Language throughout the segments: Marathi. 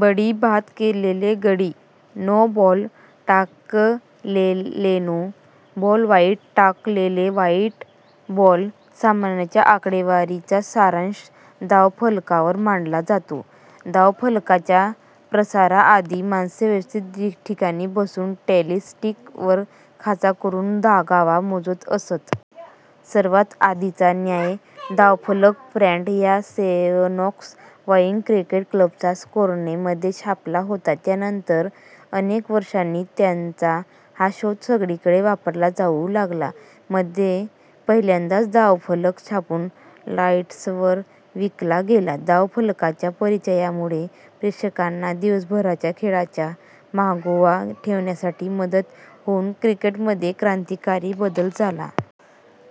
बळी: बाद केलेले गडी. नो बॉल: टाकलेलेनो बॉल. वाईड: टाकलेले वाईड बॉल. सामन्याच्या आकडेवारीचा सारांश धावफलकावर मांडला जातो. धावफलकाच्या प्रसाराआधी, माणसे व्यवस्थित ठिकाणी बसून टॅली स्टीक वर खाचा करून धावा मोजत असत. सर्वात आधीचा ज्ञात धावफलक प्रॅट ह्या सेव्हनोक्स वाईन क्रिकेट क्लबचा स्कोररने मध्ये छापला होता. त्यानंतर अनेक वर्षांनी त्याचा हा शोध सगळीकडे वापरला जाऊ लागला. मध्ये पहिल्यांदाच धावफलक छापून लॉर्ड्सवर विकला गेला.। धावफलकाच्या परिचयामुळे प्रेक्षकांना दिवसभराच्या खेळाचा मागोवा ठेवण्यासाठी मदत होऊन क्रिकेटमध्ये क्रांतिकारी बदल झाला.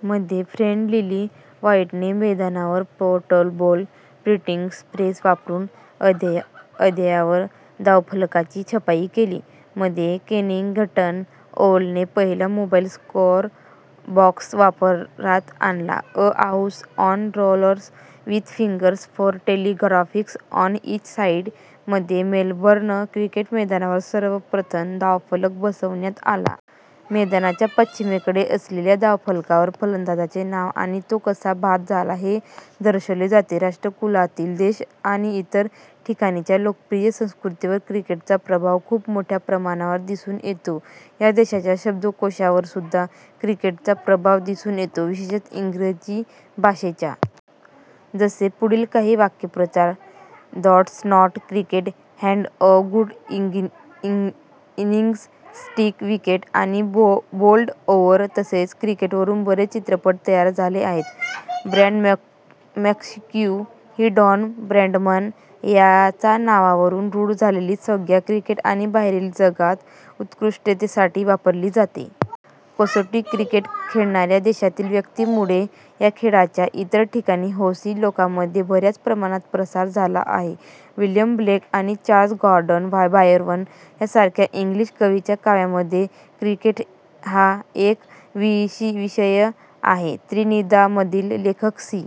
मध्ये, फ्रेड लिली व्हाईटने मैदानावर पोर्टेबल प्रिंटिंग प्रेस वापरून अद्ययावर धावफलकांची छपाई केली. मध्ये, केनिंग्टन ओव्हलने पहिला मोबाईल स्कोअरबॉक्स वापरात आणला, "a house on rollers with figures for telegraphing on each side". मध्ये, मेलबर्न क्रिकेट मैदानावर सर्वप्रथम धावफलक बसवण्यात आला. मैदानाच्या पश्चिमेकडे असलेल्या धावफलकावर फलंदाजाचे नाव आणि तो कसा बाद झाला हे दर्शवले जाते. राष्ट्रकुलातील देश आणि इतर ठिकाणींच्या लोकप्रिय संस्कृतींवर क्रिकेटचा प्रभाव खूप मोठ्या प्रमाणावर दिसून येतो. ह्या देशांच्या शब्दकोशांवरसुद्धा क्रिकेटचा प्रभाव दिसून येतो, विशेषतः इंग्रजी भाषेच्या. जसे पुढील काही वाक्प्रचार "that's not cricket", "had a good innings", "sticky wicket", आणि "बोल्ड ओव्हर". तसेच क्रिकेटवरून बरेच चित्रपट तयार झाले आहेत. "ब्रॅडमन्स्क्यू" ही डॉन ब्रॅडमन यांच्या नावावरून रूढ झालेली संज्ञा, क्रिकेट आणि बाहेरील जगात उत्कृष्टतेसाठी वापरली जाते. कसोटी क्रिकेट खेळणाऱ्या देशांतील व्यक्तींमुळे ह्या खेळाचा इतर ठिकाणी हौशी लोकांमध्ये बऱ्याच प्रमाणात प्रसार झाला आहे. विल्यम ब्लेक आणि जॉर्ज गॉर्डन बायरन ह्यासारख्या इंग्लिश कवींच्या काव्यामध्ये क्रिकेट हा एक विषय आहे. त्रिनिदादमधील लेखक सी.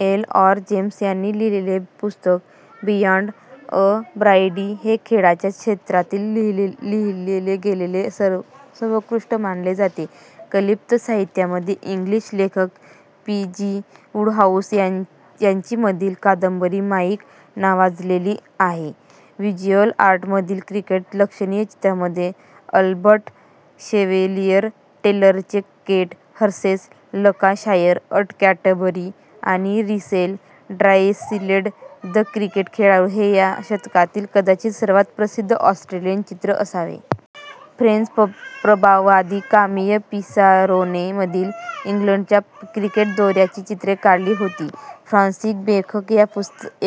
एल्. आर. जेम्स यांनी लिहिलेले पुस्तक बियॉंड अ बाऊंड्री, हे खेळाच्या क्षेत्रात लिहीले गेलेले सर्वोत्कृष्ट मानले जाते. कल्पित साहित्यामध्ये इंग्लिश लेखक पी. जी. वुडहाऊस यांची मधील कादंबरी, माईक नावाजलेली आहे. व्हिज्युअल आर्टमधील, क्रिकेटच्या लक्षणीय चित्रांमध्ये अल्बर्ट शेव्हालियर टेलरचे Kent versus Lancashire at Canterbury आणि रसेल ड्रायसडेलचे द क्रिकेट खेळाडू, हे " व्या शतकातील कदाचित सर्वात प्रसिद्ध ऑस्ट्रेलियन चित्र असावे. " फ्रेंच प्रभाववादी कामीय पिसारोने मधील इंग्लंडच्या क्रिकेट दौऱ्यांची चित्रे काढली होती. फ्रान्सिस बेकन, ह्या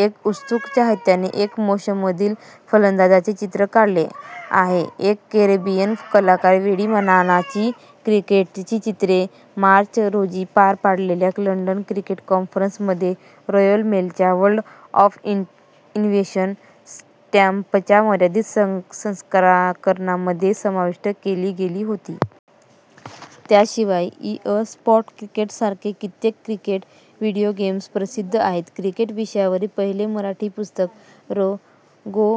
एका उत्सुक चाहत्याने एका मोशनमधील फलंदाजाचे चित्र काढले आहे. एक कॅरेबियन कलाकार वेंडी नाननची क्रिकेटची चित्रे - मार्च रोजी पार पडलेल्या लंडन क्रिकेट कॉन्फरन्समध्ये रॉयल मेलच्या "वर्ल्ड ऑफ इन्व्हेन्शन" स्टॅम्पच्या मर्यादित संस्करणामध्ये समाविष्ट केली गेली होती. त्याशिवाय ई, ए, स्पोर्ट्स क्रिकेट सारखे कित्येक क्रिकेट व्हीडिओ गेम्स प्रसिद्ध आहेत. क्रिकेट विषयावरील पहिले मराठी पुस्तक र. गो.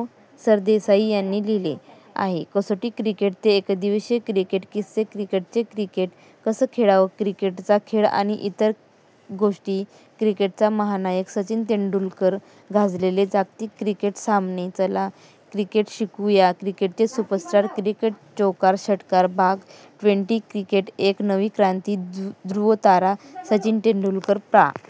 सरदेसाई यांनी लिहिले आहे. कसोटी क्रिकेट ते एकदिवसीय क्रिकेट किस्से क्रिकेटचे क्रिकेट कसं खेळावं क्रिकेटचा खेळ आणि इतर गोष्टी क्रिकेटचा महानायक सचिन तेंडुलकर गाजलेले जागतिक क्रिकेट सामने चला, क्रिकेट शिकू या क्रिकेटचे सुपरस्टार क्रिकेट चौकार षटकार भाग, ट्वेंटी क्रिकेट एक नवी क्रांती ध्रुवतारा सचिन तेंडूलकर प्रा.